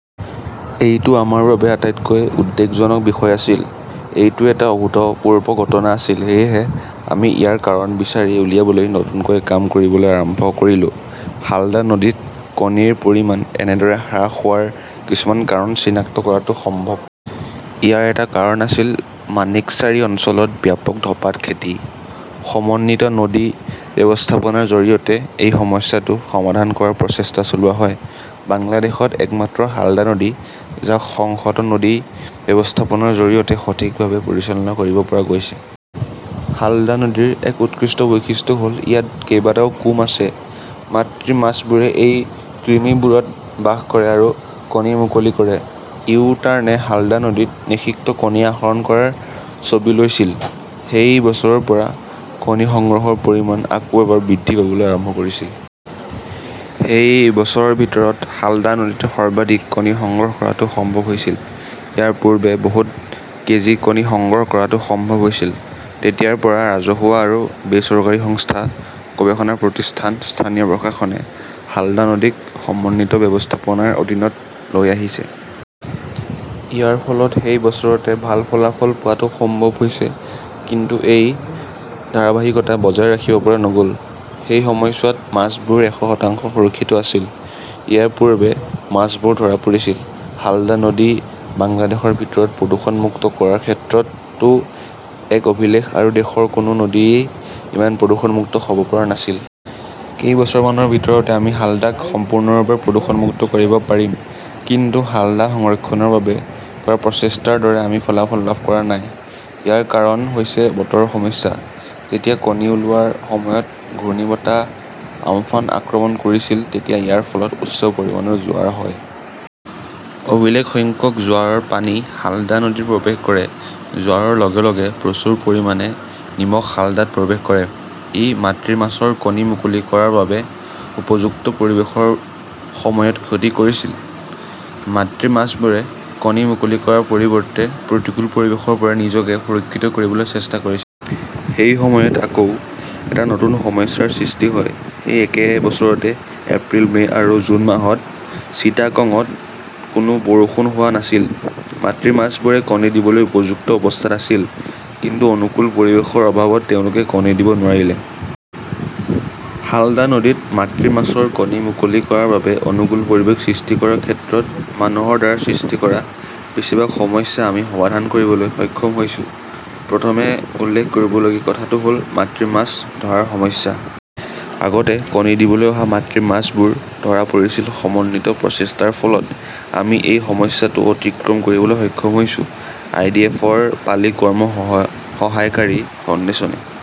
এইটো আমাৰ বাবে আটাইতকৈ উদ্বেগজনক বিষয় আছিল। এইটো এটা অভূতপূৰ্ব ঘটনা আছিল। সেয়েহে আমি ইয়াৰ কাৰণ বিচাৰি উলিয়াবলৈ নতুনকৈ কাম কৰিবলৈ আৰম্ভ কৰিলো। হালদা নদীত কণীৰ পৰিমাণ এনেদৰে হ্ৰাস হোৱাৰ কিছুমান কাৰণ চিনাক্ত কৰাটো সম্ভৱ। ইয়াৰ এটা কাৰণ আছিল মাণিকচাৰী অঞ্চলত ব্যাপক ধঁপাত খেতি। সমন্বিত নদী ব্যৱস্থাপনাৰ জৰিয়তে এই সমস্যাটো সমাধান কৰাৰ প্ৰচেষ্টা চলোৱা হয়। বাংলাদেশত একমাত্ৰ হালদা নদী, যাক সংহত নদী ব্যৱস্থাপনাৰ জৰিয়তে সঠিকভাৱে পৰিচালনা কৰিব পৰা গৈছে। হালদা নদীৰ এক উৎকৃষ্ট বৈশিষ্ট্য হ'ল ইয়াত কেইবাটাও "কুম" আছে। মাতৃ মাছবোৰে এই কৃমিবোৰত বাস কৰে আৰু কণী মুকলি কৰে।। ইউটাৰ্নে হালদা নদীত নিষিক্ত কণী আহৰণ কৰাৰ ছবি লৈছিল। সেই বছৰৰ পৰা কণী সংগ্ৰহৰ পৰিমাণ আকৌ এবাৰ বৃদ্ধি পাবলৈ আৰম্ভ কৰিছিল। সেই বছৰৰ ভিতৰত হালদা নদীত সৰ্বাধিক কণী সংগ্ৰহ কৰাটো সম্ভৱ হৈছিল। ইয়াৰ পূৰ্বে বহুত কেজি কণী সংগ্ৰহ কৰাটো সম্ভৱ হৈছিল। তেতিয়াৰ পৰা ৰাজহুৱা আৰু বেচৰকাৰী সংস্থা, গৱেষণা প্ৰতিষ্ঠান, স্থানীয় প্ৰশাসনে হালদা নদীক সমন্বিত ব্যৱস্থাপনাৰ অধীনত লৈই আহিছে। ইয়াৰ ফলত সেই বছৰতে ভাল ফলাফল পোৱাটো সম্ভৱ হৈছে কিন্তু এই ধাৰাবাহিকতা বজাই ৰাখিব পৰা নগ'ল। সেই সময়ছোৱাত মাছবোৰ এশ শতাংশ সুৰক্ষিত আছিল। ইয়াৰ পূৰ্বে মাছবোৰ ধৰা পৰিছিল। হালদা নদী বাংলাদেশৰ ভিতৰত প্ৰদূষণমুক্ত কৰাৰ ক্ষেত্ৰতো এক অভিলেখ আৰু দেশৰ কোনো নদীই ইমান প্ৰদূষণমুক্ত হ'ব পৰা নাছিল। কেইবছৰমানৰ ভিতৰতে আমি হালদাক সম্পূৰ্ণৰূপে প্ৰদূষণমুক্ত কৰিব পাৰিম। কিন্তু হালদা সংৰক্ষণৰ বাবে কৰা প্ৰচেষ্টাৰ দৰে আমি ফলাফল লাভ কৰা নাই। ইয়াৰ কাৰণ হৈছে বতৰৰ সমস্যা। যেতিয়া কণী ওলোৱাৰ সময়ত ঘূৰ্ণীবতাহ আম্ফান আক্ৰমণ কৰিছিল তেতিয়া ইয়াৰ ফলত উচ্চ পৰিমাণৰ জোৱাৰ হয়। অভিলেখ সংখ্যক জোৱাৰৰ পানী হালদা নদীত প্ৰৱেশ কৰে। জোৱাৰৰ লগে লগে প্ৰচুৰ পৰিমাণে নিমখ হালদাত প্ৰৱেশ কৰে। ই মাতৃ মাছৰ কণী মুকলি কৰাৰ বাবে উপযুক্ত পৰিৱেশৰ সময়ত ক্ষতি কৰিছিল। মাতৃ মাছবোৰে কণী মুকলি কৰাৰ পৰিৱৰ্তে প্ৰতিকূল পৰিৱেশৰ পৰা নিজকে সুৰক্ষিত কৰিবলৈ চেষ্টা কৰিছিল । সেই সময়ত আকৌ এটা নতুন সমস্যাৰ সৃষ্টি হয়। সেই একে বছৰতে এপ্ৰিল, মে 'আৰু জুন মাহত চিটাগঙত কোনো বৰষুণ হোৱা নাছিল। মাতৃ মাছবোৰ কণী দিবলৈ উপযুক্ত অৱস্থাত আছিল, কিন্তু অনুকূল পৰিৱেশৰ অভাৱত তেওঁলোকে কণী দিব নোৱাৰিলে। হালদা নদীত মাতৃ মাছৰ কণী মুকলি কৰাৰ বাবে অনুকূল পৰিৱেশ সৃষ্টি কৰাৰ ক্ষেত্ৰত মানুহৰ দ্বাৰা সৃষ্টি কৰা বেছিভাগ সমস্যা আমি সমাধান কৰিবলৈ সক্ষম হৈছো। প্ৰথমে উল্লেখ কৰিবলগীয়া কথাটো হ'ল মাতৃ মাছ ধৰাৰ সমস্যা। আগতে কণী দিবলৈ অহা মাতৃ মাছবোৰ ধৰা পৰিছিল সমন্বিত প্ৰচেষ্টাৰ ফলত । আমি এই সমস্যাটো অতিক্ৰম কৰিবলৈ সক্ষম হৈছো। আই. ডি. এফ. ৰ পালি কৰ্ম সহায়কাৰী ফাউণ্ডেচনে